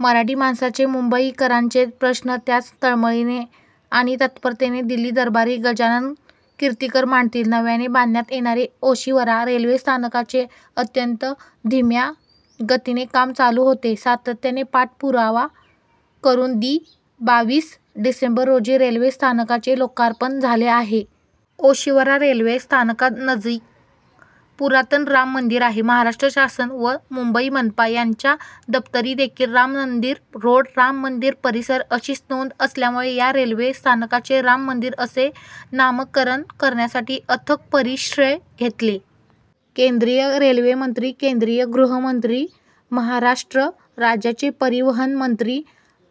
मराठी माणसाचे, मुंबईकरांचे प्रश्न त्याच तळमळीने आणि तत्परतेने दिल्ली दरबारी गजानन कीर्तिकर मांडतील. नव्याने बांधण्यात येणारे ओशिवरा रेल्वे स्थानकाचे अत्यंत धीम्या गतीने काम चालू होते. सातत्याने पाठपुरावा करून दि. बावीस डिसेंबर रोजी रेल्वे स्थानकाचे लोकार्पण झाले आहे. ओशिवरा रेल्वे स्थानकानजिक पुरातन राम मंदिर आहे. महाराष्ट्र शासन व मुंबई मनपा यांच्या दप्तरी देखील राम मंदिर रोड, राम मंदिर परिसर अशीच नोंद असल्यामुळे या रेल्वे स्थानकाचे राम मंदिर असे नामकरण करण्यासाठी अथक परिश्रम घेतले. केंद्रीय रेल्वे मंत्री, केंद्रीय गृहमंत्री, महाराष्ट्र राज्याचे परिवहन मंत्री,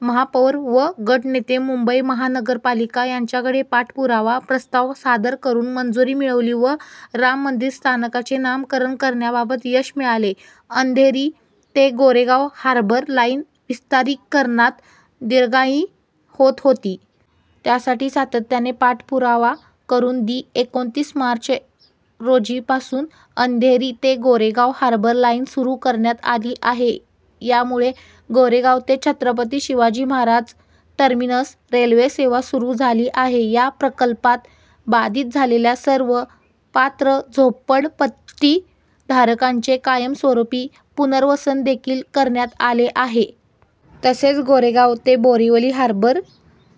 महापौर व गटनेते, मुंबई महानगरपालिका यांच्याकडे पाठपुरावा, प्रस्ताव सादर करून मंजुरी मिळवली व राम मंदिर स्थानकाचे नामकरण करण्याबाबत यश मिळाले. अंधेरी ते गोरेगाव हार्बर लाईन विस्तारीकरणात दिरंगाई होत होती. त्यासाठी सातत्याने पाठपुरावा करून दि. एकोणतीस मार्च रोजीपासून अंधेरी ते गोरेगाव हार्बर लाईन सुरू करण्यात आली आहे. यामुळे गोरेगाव ते छत्रपती शिवाजी महाराज टर्मिनस रेल्वे सेवा सुरू झाली आहे. या प्रकल्पात बाधित झालेल्या सर्व पात्र झोपडपट्टी धारकांचे कायमस्वरूपी पुनर्वसन देखील करण्यात आले आहे. तसेच गोरेगाव ते बोरीवली हार्बर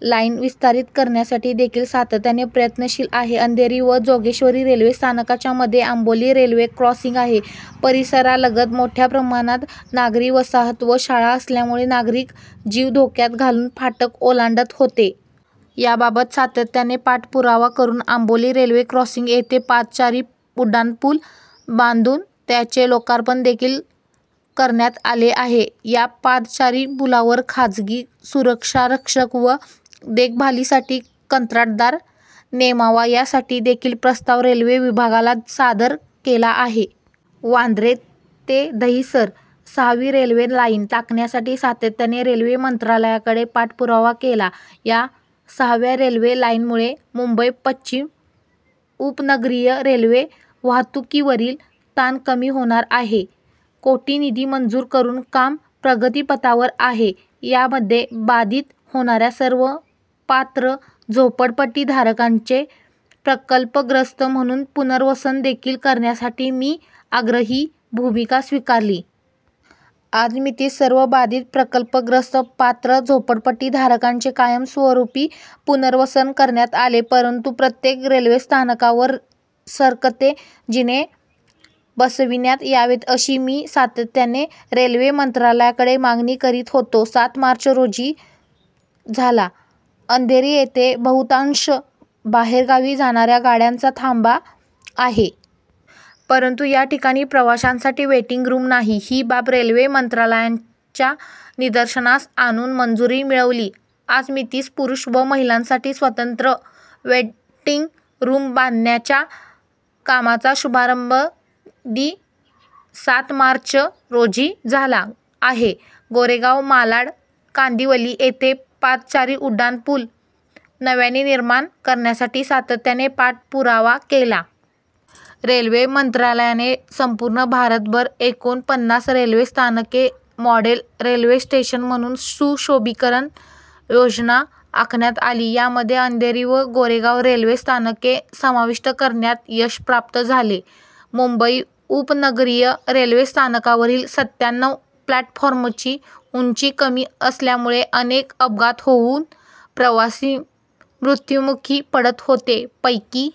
लाईन विस्तारित करण्यासाठी देखील सातत्याने प्रयत्नशील आहे. अंधेरी व जोगेश्वरी रेल्वे स्थानकांच्या मध्ये आंबोली रेल्वे क्रॉसिंग आहे. परिसरालगत मोठ्या प्रमाणात नागरी वसाहत व शाळा असल्यामुळे नागरिक जीव धोक्यात घालून फाटक ओलांडत होते. याबाबत सातत्याने पाठपुरावा करून आंबोली रेल्वे क्रॉसिंग येथे पादचारी उड्डाणपूल बांधून त्याचे लोकार्पण देखील करण्यात आले आहे. या पादचारी पुलावर खाजगी सुरक्षा रक्षक व देखभालीसाठी कंत्राटदार नेमावा यासाठी देखील प्रस्ताव रेल्वे विभागाला सादर केला आहे. वांद्रे ते दहिसर सहावी रेल्वे लाईन टाकण्यासाठी सातत्याने रेल्वे मंत्रालयाकडे पाठपुरावा केला. या सहाव्या रेल्वे लाईनमुळे मुंबई पश्चिम उपनगरीय रेल्वे वाहतुकीवरील ताण कमी होणार आहे. कोटी निधी मंजूर करून काम प्रगतीपथावर आहे. यामध्ये बाधित होणाऱ्या सर्व पात्र झोपडपट्टी धारकांचे प्रकल्पग्रस्त म्हणून पुनर्वसन देखील करण्यासाठी मी आग्रही भूमिका स्वीकारली. आजमितीस सर्व बाधित प्रकल्पग्रस्त पात्र झोपडपट्टी धारकांचे कायमस्वरूपी पुनर्वसन करण्यात आले. परंतु प्रत्येक रेल्वे स्थानकावर सरकते जिने बसविण्यात यावेत अशी मी सातत्याने रेल्वे मंत्रालयाकडे मागणी करीत होतो. सात मार्च रोजी झाला. अंधेरी येथे बहुतांश बाहेरगावी जाणाऱ्या गाड्यांचा थांबा आहे. परंतु याठिकाणी प्रवाशांसाठी वेटिंग रूम नाही, ही बाब रेल्वे मंत्रालयाच्या निदर्शनास आणून मंजुरी मिळवली. आजमितीस पुरुष व महिलांसाठी स्वतंत्र वेटिंग रूम बांधण्याच्या कामाचा शुभारंभ दि. सात मार्च रोजी झाला आहे. गोरेगाव, मालाड, कांदिवली येथे पादचारी उड्डाणपूल नव्याने निर्माण करण्यासाठी सातत्याने पाठपुरावा केला. रेल्वे मंत्रालयाने संपूर्ण भारतभर एकूण पन्नास रेल्वे स्थानके मॉडेल रेल्वे स्टेशन म्हणून सुशोभीकरण योजना आखण्यात आली. यामध्ये अंधेरी व गोरेगाव रेल्वे स्थानके समाविष्ट करण्यात यश प्राप्त झाले. मुंबई उपनगरीय रेल्वे स्थानकावरील सत्त्याण्णव प्लॅटफॉर्मची उंची कमी असल्यामुळे अनेक अपघात होऊन प्रवासी मृत्युमुखी पडत होते. पैकी